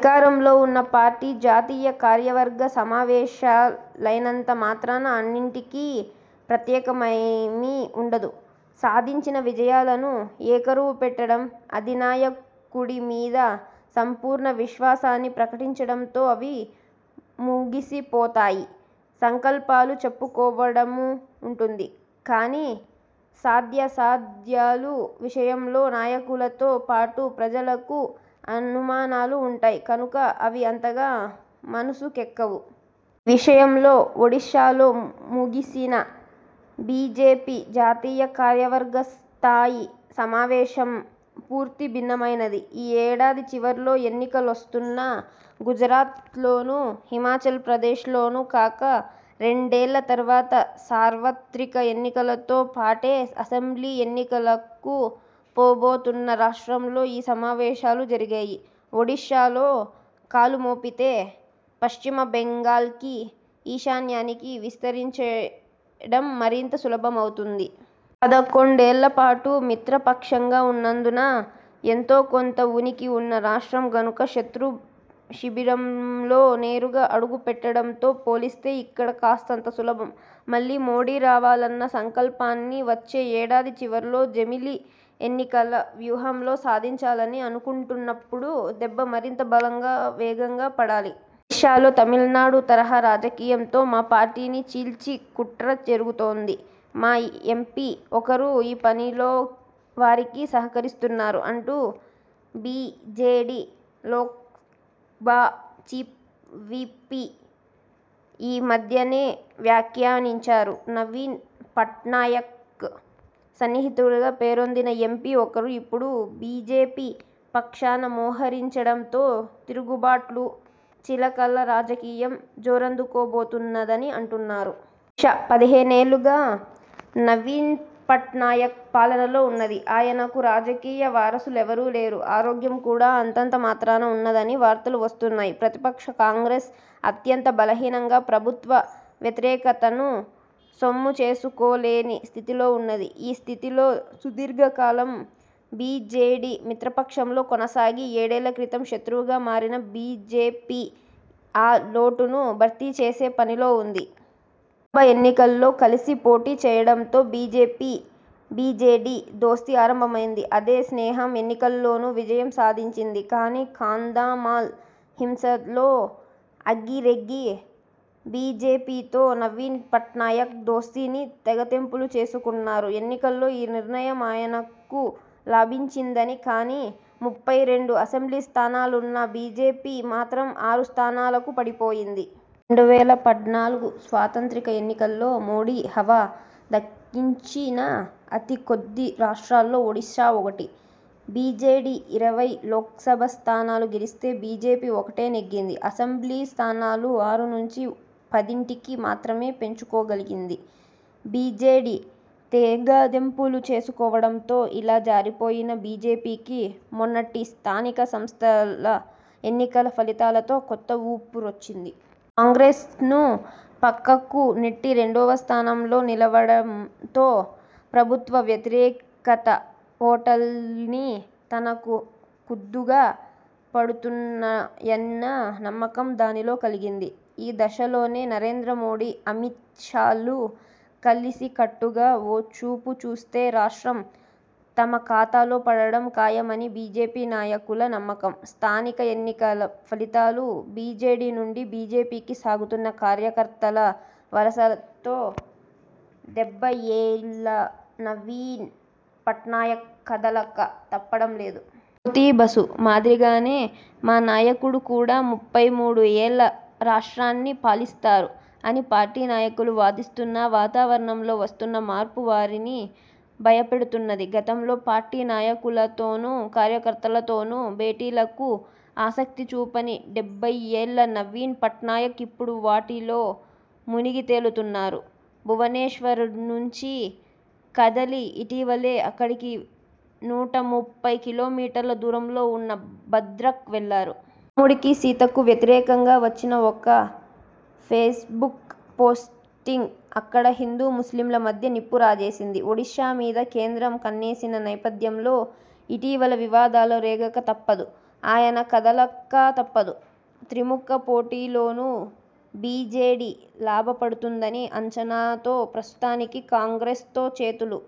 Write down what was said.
అధికారంలో ఉన్న పార్టీ జాతీయ కార్యవర్గ సమావేశాలైనంత మాత్రాన అన్నింటికీ ప్రత్యేకతేమీ ఉండదు. సాధించిన విజయాలను ఏకరువుపెట్టడం, అధినాయకుడి మీద సంపూర్ణ విశ్వాసాన్ని ప్రకటించడంతో అవి ముగిసిపోతాయి. సంకల్పాలు చెప్పుకోవడమూ ఉంటుంది కానీ, సాధ్యాసాధ్యాల విషయంలో నాయకులతో పాటు ప్రజలకూ అనుమానాలు ఉంటాయి కనుక అవి అంతగా మనసుకెక్కవు. ఈ విషయంలో ఒడిశాలో ముగిసిన బీజేపీ జాతీయ కార్యవర్గ స్థాయి సమావేశం పూర్తి భిన్నమైనది. ఈ ఏడాది చివర్లో ఎన్నికలొస్తున్న గుజరాత్లోనో, హిమాచల్ ప్రదేశ్లోనో కాక, రెండేళ్ళ తరువాత సార్వత్రిక ఎన్నికలతో పాటే అసెంబ్లీ ఎన్నికలకు పోబోతున్న రాష్ట్రంలో ఈ సమావేశాలు జరిగాయి. ఒడిశాలో కాలుమోపితే పశ్చిమబెంగాల్కీ, ఈశాన్యానికీ విస్తరించడం మరింత సులభతరమవుతుంది. పదకొండు ఏళ్ళపాటు మిత్రపక్షంగా ఉన్నందున ఎంతోకొంత ఊనిక వున్న రాష్ట్రం కనుక, శత్రు శిబిరంలో నేరుగా అడుగుపెట్టడంతో పోలిస్తే ఇక్కడ కాస్తంత సులభం. మళ్ళీ మోదీ రావాలన్న సంకల్పాన్ని వచ్చే ఏడాది చివర్లో జమిలి ఎన్నికల వ్యూహంతో సాధించాలని అనుకుంటున్నప్పుడు దెబ్బ మరింత బలంగా వేగంగా పడాలి. 'ఒడిశాలో తమిళనాడు తరహా రాజకీయంతో మా పార్టీని చీల్చి కుట్ర జరుగుతోంది. మా ఎంపీ ఒకరు ఈ పనిలో వారికి సహకరిస్తున్నారు' అంటూ బీజేడీ లోక్సభ చీఫ్ విప్ ఈ మధ్యనే వ్యాఖ్యానించారు. నవీన్ పట్నాయక్కు సన్నిహితుడిగా పేరొందిన ఎంపీ ఒకరు ఇపుడు బీజేపీ పక్షాన మోహరించడంతో తిరుగుబాట్లు, చీలికల రాజకీయం జోరందుకోబోతున్నదని అంటున్నారు. ఒడిశా పదిహేనేళ్ళు గా నవీన్పట్నాయక్ పాలనలో ఉన్నది. ఆయనకు రాజకీయ వారసులెవరూ లేరు. ఆరోగ్యం కూడా అంతంతమాత్రంగా ఉన్నదని వార్తలు వస్తున్నాయి. ప్రతిపక్ష కాంగ్రెస్ అత్యంత బలహీనంగా ప్రభుత్వ వ్యతిరేకతను సొమ్ముచేసుకోలేని స్థితిలో ఉన్నది. ఈ స్థితిలో సుదీర్ఘకాలం బీజేడీ మిత్రపక్షంగా కొనసాగి, ఏడేళ్ళక్రితం శత్రువుగా మారిన బీజేపీ ఆ లోటును భర్తీచేసే పనిలో ఉంది. లోక్సభ ఎన్నికల్లో కలసి పోటీచేయడంతో బీజేపీ–బీజేడీ దోస్తీ ఆరంభమైంది. అదే స్నేహం ఎన్నికల్లోనూ విజయం సాధించింది. కానీ కాంధమాల్ హింసతో అగ్గిరేగి బీజేపీతో నవీన్ పట్నాయక్ దోస్తీని తెగతెంపులు చేసుకున్నారు. ఎన్నికల్లో ఈ నిర్ణయం ఆయనకు లాభించింది కానీ, ముప్పై రెండు అసెంబ్లీ స్థానాలున్న బీజేపీ మాత్రం ఆరు స్థానాలకు పడిపోయింది. రెండు వేల పద్నాలుగు స్వాతంత్రిక ఎన్నికల్లో మోదీ హవాను ధిక్కరించిన అతికొద్ది రాష్ట్రాల్లో ఒడిశా ఒకటి. బీజేడీ ఇరవై లోక్సభ స్థానాలు గెలిస్తే, బీజేపీ ఒక్కటే నెగ్గింది. అసెంబ్లీ స్థానాలు ఆరునుంచి పదింటికి మాత్రమే పెంచుకోగలిగింది. బీజేడీ తెగతెంపులు చేసుకోవడంతో ఇలా జారిపోయిన బీజేపీకి మొన్నటి స్థానిక సంస్థల ఎన్నికల ఫలితాలతో కొత్త ఊపిరొచ్చింది. కాంగ్రెస్ను పక్కకు నెట్టి రెండవస్థానంలో నిలవడంతో ప్రభుత్వ వ్యతిరేకత ఓట్లన్నీ తనకు కుద్దుగా పడుతున్నాయన్న నమ్మకం దానిలో కలిగింది. ఈ దశలోనే నరేంద్రమోదీ–అమిత్ షాలు కలసికట్టుగా ఓ చూపుచూస్తే రాష్ట్రం తమ ఖాతాలో పడటం ఖాయమని బీజేపీ నాయకుల నమ్మకం. స్థానిక ఎన్నికల ఫలితాలు, బీజేడీ నుంచి బీజేపీకి సాగుతున్న కార్యకర్తల వలసలతో డెబ్బయ్యేళ్ళ నవీన్ పట్నాయక్ కదలక తప్పడం లేదు. 'డిబసు మాదిరిగానే మా నాయకుడు కూడా ముప్పై మూడు ఏళ్ళు రాష్ట్రాన్ని పాలిస్తారు' అని పార్టీ నాయకులు వాదిస్తున్నా వాతావరణంలో వస్తున్న మార్పు వారిని భయపెడుతున్నది. గతంలో పార్టీ నాయకులతోనూ, కార్యకర్తలతోనూ భేటీలకు ఆసక్తి చూపని డెబ్బయ్యేళ్ళ నవీన్ పట్నాయక్ ఇప్పుడు వాటిలో మునిగితేలుతున్నారు. భువనేశ్వర్నుంచి కదిలి ఇటీవలే అక్కడికి నూట ముప్పై కిలోమీటర్ల దూరంలో ఉన్న బద్రక్ వెళ్ళారు. రాముడికీ సీతకూ వ్యతిరేకంగా వచ్చిన ఒక ఫేస్బుక్ పోస్టింగ్ అక్కడ హిందూ ముస్లింల మధ్య నిప్పు రాజేసింది. ఒడిశా మీద కేంద్రం కన్నేసిన నేపథ్యంలో, ఇటువంటి వివాదాలు రేగకా తప్పదు, ఆయన కదలకా తప్పదు. త్రిముఖ పోటీలోనే బీజేడీ లాభపడుతుందన్న అంచనాతో ప్రస్తుతానికి కాంగ్రెస్తో చేతులు